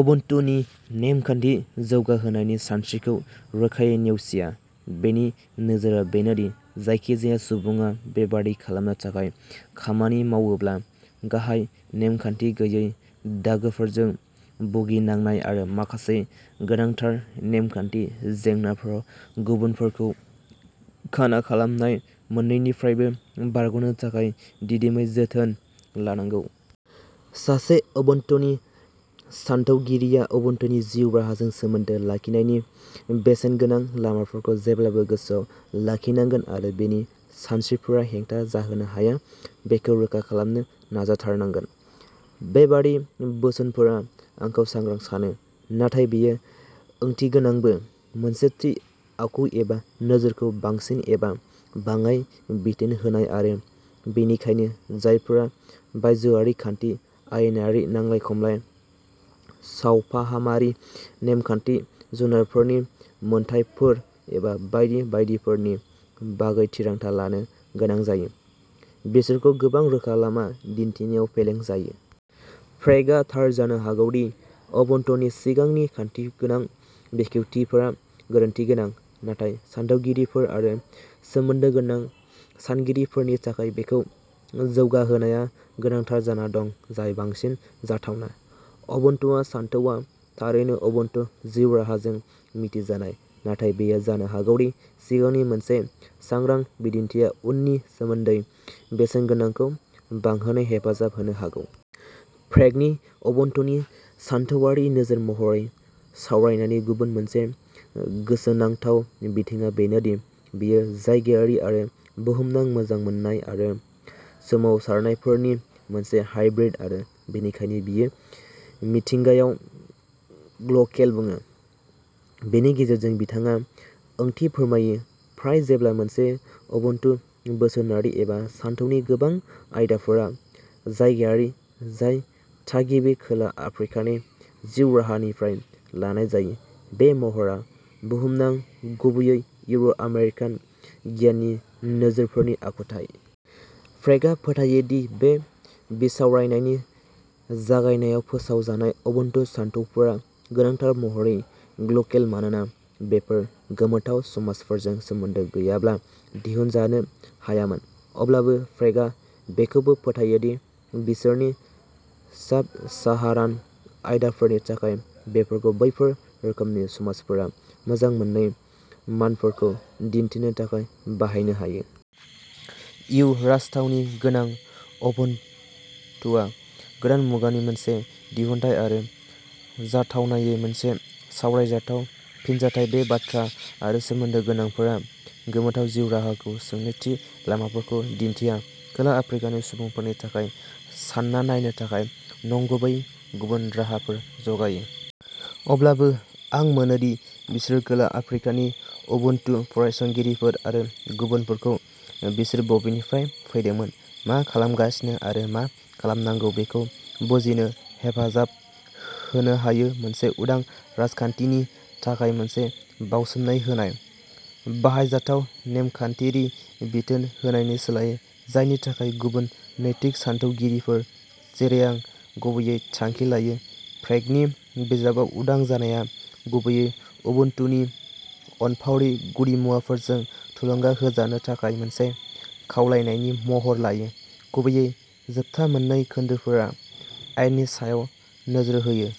उबुन्टुनि नेम खान्थि जौगाहोनायनि सानस्रिखौ रोखायै नेवसिया। बिनि नोजोरआ बेनो दि जायखिजाया सुबुङा बेबादि खालामनो थाखाय खामानि मावोब्ला गाहाय नेमखान्थि गैयै दागोफोरजों भुगिनांनाय आरो माखासे गोनांथार नेमखान्थि जेंनाफोराव गुबुनफोरखौ खाना खालामनाय मोननैनिफ्रायबो बारग'नो थाखाय दिदोमै जोथोन लानांगौ। सासे उबुन्टुनि सानथौगिरिया उबुन्टुनि जिउ राहाजों सोमोन्दो लाखिनायनि बेसेनगोनां लामाफोरखौ जेब्लाबो गोसोआव लाखिनांगोन आरो बिनि सानस्रिफोरा हेंथा जाहोनो हाया बेखौ रोखा खालामनो नाजाथारनांगोन। बेबादि बोसोनफोरा आंखौ सांग्रां सानो। नाथाय बेयो ओंथिगोनांबो, मोनसे थि आखु एबा नोजोरखौ बांसिन एबा बाङाय बिथोन होनाय आरो बेनिखायनो जायफोरा बायजोआरि खान्थि, आयेनारि नांलाय खमलाय, सावफाहामारि नेमखान्थि, जुनारफोरनि मोनथायफोर एबा बायदि बायदिफोरनि बागै थिरांथा लानो गोनां जायो, बिसोरखौ गोबां रोखा लामा दिन्थिनायाव फेलें जायो। प्रेगआ थार जानो हागौ दि उबुन्टुनि सिगांनि खान्थिगोनां बेखेवथिफोरा गोरोन्थि गोनां नाथाय सानथौगिरिफोर आरो सोमोन्दो गोनां सानगिरिफोरनि थाखाय बेखौ जौगाहोनाया गोनांथार जाना दं जाय बांसिन जाथावना। उबुन्टुआ सानथौआ थारैनो उबुन्टु जिउ-राहाजों मिथिजानाय नाथाय बेयो जानो हागौ दि सिगांनि मोनसे सांग्रा बिदिन्थिआ उननि सोमोन्दै बेसेनगोनांखौ बांहोनो हेफाजाब होनो हागौ। प्रेगनि उबुन्टुनि सानथौआरि नोजोर महरै सावरायनायनि गुबुन मोनसे गोसोनांथाव बिथिंआ बेनो दि बेयो जायगायारि आरो बुहुमनां मोजां मोननाय आरो सोमावसारनायफोरनि मोनसे हाइब्रिद आरो बेनिखायनो बियो मिथिंगायाव "ग्ल'केल" बुङो। बेनि गेजेरजों बिथाङा ओंथि फोरमायो, फ्राय जेब्ला मोनसे उबुन्टु बोसोनारि एबा सानथौनि गोबां आयदाफोरा जायगायारि, जाय थागिबि खोला आफ्रिकानि जिउ-राहानिफ्राय लानाय जायो, बे महरआ बुहुमनां, गुबैयै इउर' आमेरिकान गियाननि नोजोरफोरनि आखुथाय। प्रेगआ फोथायो दि बे बिसावरायनायनि जागायनायाव फोसाव जानाय उबुन्टु सानथौफोरा गोनांथार महरै ग्ल'केल मानोना बेफोर गोमोथाव समाजफोरजों सोमोन्दो गैयाब्ला दिहुनजानो हायामोन। अब्लाबो प्रेगआ बेखौबो फोथायो दि, बिसोरनि साब-साहारान आयदाफोरनि थाखाय, बेफोरखौ बैफोर रोखोमनि समाजफोरा मोजां मोनै मानफोरखौ दिन्थिनो थाखाय बाहायनो हायो। "इउ" राजथावनि गोनां उबुन्टुआ गोदान मुगानि मोनसे दिहुनथाय आरो जाथावनायै मोनसे सावरायजाथाव फिनजाथाय। बे बाथ्रा आरो सोमोन्दो गोनांफोरा गोमोथाव जिउ राहाखौ सोंनो थि लामाफोरखौ दिन्थिया, खोला आफ्रिकानि सुबुंफोरनि थाखाय सानना नायनो थाखाय नंगुबै गुबुन राहाफोर जगायो। अब्लाबो, आं मोनो दि बिसोरो खोला आफ्रिकानि उबुन्टु फरायसंगिरिफोर आरो गुबुनफोरखौ बिसोर बबेनिफ्राय फैदोंमोन, मा खालामगासिनो आरो मा खालामनांगौ बेखौ बुजिनो हेफाजाब होनो हायो मोनसे उदां राजखान्थिनि थाखाय मोनसे बाउसोमनाय होनाय। बाहायजाथाव, नेमखान्थिारि बिथोन होनायनि सोलायै, जायनि थाखाय गुबुन नैतिक सानथौगिरिफोर, जेरै आं, गुबैयै थांखि लायो, प्रेगनि बिजाबाव उदां जानाया गुबैयै उबुन्टुनि अनफावरि गुदिमुवाफोरजों थुलुंगा होजानो थाखाय मोनसे खावलायनायनि महर लायो। गुबैयै, जोबथा मोन्नै खोन्दोफोरा आयेननि सायाव नोजोर होयो।